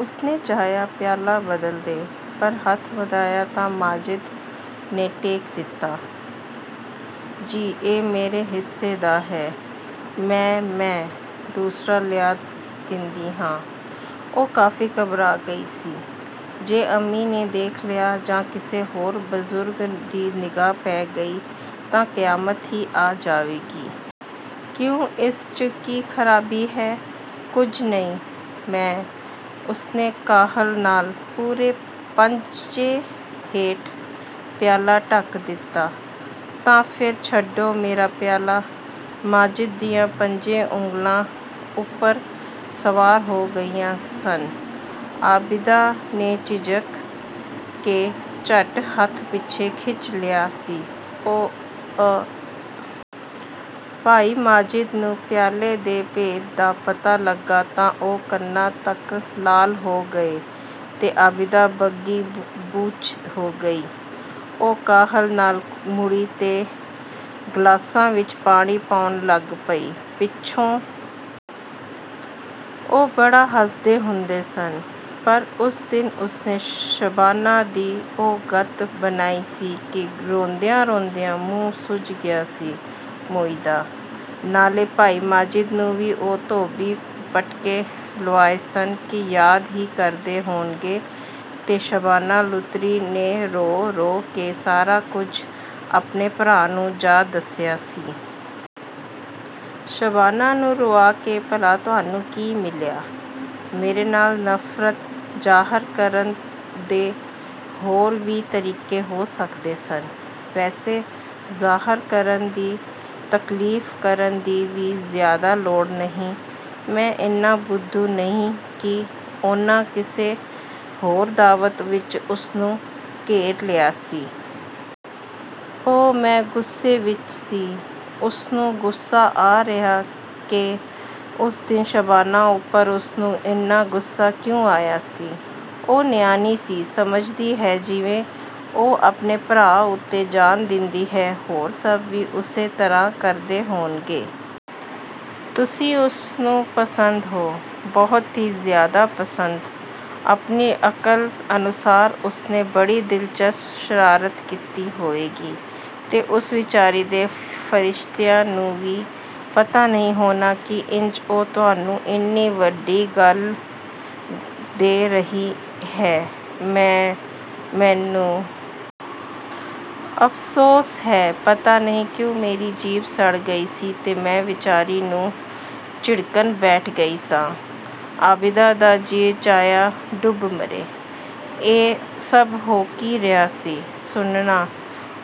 ਉਸਨੇ ਚਾਹਿਆ ਪਿਆਲਾ ਬਦਲ ਦੇ, ਪਰ ਹੱਥ ਵਧਾਇਆ ਤਾਂ ਮਾਜਿਦ ਨੇ ਟੇਕ ਦਿੱਤਾ।"ਜੀ, ਇਹ ਮੇਰੇ ਹਿੱਸੇ ਦਾ ਹੈ।""ਮੈਂ-ਮੈਂ, ਦੂਸਰਾ ਲਿਆ ਦੇਂਦੀ ਹਾਂ"। ਓ ਕਾਫੀ ਘਬਰਾ ਗਈ ਸੀ, 'ਜੇ ਅੰਮੀ ਨੇ ਦੇਖ ਲਿਆ ਜਾਂ ਕਿਸੇ ਹੋਰ ਬਜ਼ੁਰਗ ਦੀ ਨਿਗਾਹ ਪੈ ਗਈ ਤਾਂ ਕਿਆਮਤ ਹੀ ਆ ਜਾਏਗੀ।' "ਕਿਉਂ, ਇਸ 'ਚ ਕੀ ਖਰਾਬੀ ਹੈ?" "ਕੁੱਝ ਨਹੀਂ, ਮੈਂ।" ਉਸਨੇ ਕਾਹਲ ਨਾਲ, ਪੂਰੇ ਪੰਜੇ ਹੇਠ, ਪਿਆਲਾ ਢਕ ਦਿੱਤਾ।"ਤਾਂ ਫਿਰ ਛੱਡੋ ਮੇਰਾ ਪਿਆਲਾ"। ਮਾਜਿਦ ਦੀਆਂ ਪੰਜੇ ਉਂਗਲਾਂ ਉੱਪਰ ਸਵਾਰ ਹੋ ਗਈਆਂ ਸਨ। ਆਬਿਦਾ ਨੇ ਝਿਜਕ ਕੇ ਝੱਟ ਹੱਥ ਪਿੱਛੇ ਖਿੱਚ ਲਿਆ ਸੀ।"ਓ-ਅ", ਭਾਈ ਮਾਜਿਦ ਨੂੰ ਪਿਆਲੇ ਦੇ ਭੇਦ ਦਾ ਪਤਾ ਲੱਗਾ ਤਾਂ ਓਹ ਕੰਨਾਂ ਤੱਕ ਲਾਲ ਹੋ ਗਏ ਤੇ ਆਬਿਦਾ ਬੱਗੀ-ਬੂਚ ਹੋ ਗਈ। ਓਹ ਕਾਹਲ ਨਾਲ ਮੁੜੀ ਤੇ ਗਲਾਸਾਂ ਵਿੱਚ ਪਾਣੀ ਪਾਉਣ ਲੱਗ ਪਈ। ਪਿੱਛੋਂ ਓਹ ਬੜਾ ਹੱਸਦੇ ਹੁੰਦੇ ਸਨ, ਪਰ ਉਸ ਦਿਨ ਉਸਨੇ ਸ਼ਬਾਨਾ ਦੀ ਓਹ ਗਤ ਬਣਾਈ ਸੀ ਕਿ ਰੋਂਦਿਆਂ-ਰੋਂਦਿਆਂ ਮੂੰਹ ਸੁੱਜ ਗਿਆ ਸੀ ਮੋਈ ਦਾ ਨਾਲੇ ਭਾਈ ਮਾਜਿਦ ਨੂੰ ਵੀ ਓਹ ਧੋਬੀ ਪਟਕੇ ਲੁਆਏ ਸਨ ਕਿ ਯਾਦ ਹੀ ਕਰਦੇ ਹੋਣਗੇ ਤੇ ਸ਼ਬਾਨਾ ਲੁਤਰੀ ਨੇ ਰੋ-ਰੋ ਕੇ ਸਾਰਾ ਕੁਝ ਆਪਣੇ ਭਰਾ ਨੂੰ ਜਾ ਦੱਸਿਆ ਸੀ। "ਸ਼ਬਾਨਾ ਨੂੰ ਰੁਆ ਕੇ ਭਲਾ ਤੁਹਾਨੂੰ ਕੀ ਮਿਲਿਆ? ਮੇਰੇ ਨਾਲ ਨਫ਼ਰਤ ਜ਼ਾਹਰ ਕਰਨ ਦੇ ਹੋਰ ਵੀ ਤਰੀਕੇ ਹੋ ਸਕਦੇ ਸਨ। ਵੈਸੇ ਜ਼ਾਹਰ ਕਰਨ ਦੀ ਤਕਲੀਫ਼ ਕਰਨ ਦੀ ਵੀ ਜ਼ਿਆਦਾ ਲੋੜ ਨਹੀਂ, ਮੈਂ ਇੰਨਾ ਬੁੱਧੂ ਨਹੀਂ ਕਿ"-- ਓਨਾ ਕਿਸੇ ਹੋਰ ਦਾਵਤ ਵਿੱਚ ਉਸਨੂੰ ਘੇਰ ਲਿਆ ਸੀ। "ਓਹ, ਮੈਂ ਗੁੱਸੇ ਵਿੱਚ ਸੀ", ਉਸਨੂੰ ਗੁੱਸਾ ਆ ਰਿਹਾ ਕਿ ਉਸ ਦਿਨ ਸ਼ਬਾਨਾ ਉੱਪਰ ਉਸਨੂੰ ਇੰਨਾ ਗੁੱਸਾ ਕਿਉਂ ਆਇਆ ਸੀ। "ਓਹ ਨਿਆਣੀ ਸੀ, ਸਮਝਦੀ ਹੈ ਜਿਵੇਂ ਓਹ ਆਪਣੇ ਭਰਾ ਉੱਤੇ ਜਾਨ ਦਿੰਦੀ ਹੈ, ਹੋਰ ਸਭ ਵੀ ਉਸੇ ਤਰ੍ਹਾਂ ਕਰਦੇ ਹੋਣਗੇ। ਤੁਸੀਂ ਉਸਨੂੰ ਪਸੰਦ ਹੋ, ਬਹੁਤ ਹੀ ਜ਼ਿਆਦਾ ਪਸੰਦ ਆਪਣੀ ਅਕਲ ਅਨੁਸਾਰ ਉਸਨੇ ਬੜੀ ਦਿਲਚਸਪ ਸ਼ਰਾਰਤ ਕੀਤੀ ਹੋਵੇਗੀ, ਤੇ ਉਸ ਵਿਚਾਰੀ ਦੇ ਫਰਿਸ਼ਤਿਆਂ ਨੂੰ ਵੀ ਪਤਾ ਨਹੀਂ ਹੋਣਾ ਕਿ ਇੰਜ ਓਹ ਤੁਹਾਨੂੰ ਇੰਨੀ ਵੱਡੀ ਗਾਲ੍ਹ ਦੇ ਰਹੀ ਹੈ"।"ਮੈਂ-ਮੈਨੂੰ ਅਫ਼ਸੋਸ ਹੈ, ਪਤਾ ਨਹੀਂ ਕਿਉਂ ਮੇਰੀ ਜੀਭ ਸੜ ਗਈ ਸੀ ਤੇ ਮੈਂ ਵਿਚਾਰੀ ਨੂੰ ਝਿੜਕਣ ਬੈਠ ਗਈ ਸਾਂ"। ਆਬਿਦਾ ਦਾ ਜੀਅ ਚਾਹਿਆ, ਡੁੱਬ ਮਰੇ। ਇਹ ਸਭ ਹੋ ਕੀ ਰਿਹਾ ਸੀ?"ਸੁਣਨਾ",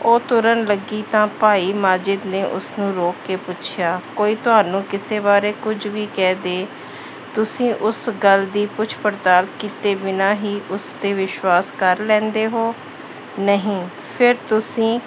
ਓਹ ਤੁਰਨ ਲੱਗੀ ਤਾਂ ਭਾਈ ਮਾਜਿਦ ਨੇ ਉਸਨੂੰ ਰੋਕ ਕੇ ਪੁੱਛਿਆ,"ਕੋਈ ਤੁਹਾਨੂੰ ਕਿਸੇ ਬਾਰੇ ਕੁਝ ਵੀ ਕਹਿ ਦੇ, ਤੁਸੀਂ ਉਸ ਗੱਲ ਦੀ ਪੁੱਛ-ਪੜਤਾਲ ਕੀਤੇ ਬਿਨਾਂ ਹੀ ਉਸ 'ਤੇ ਵਿਸ਼ਵਾਸ ਕਰ ਲੈਂਦੇ ਹੋ"। "ਨਹੀਂ"।"ਫਿਰ ਤੁਸੀਂ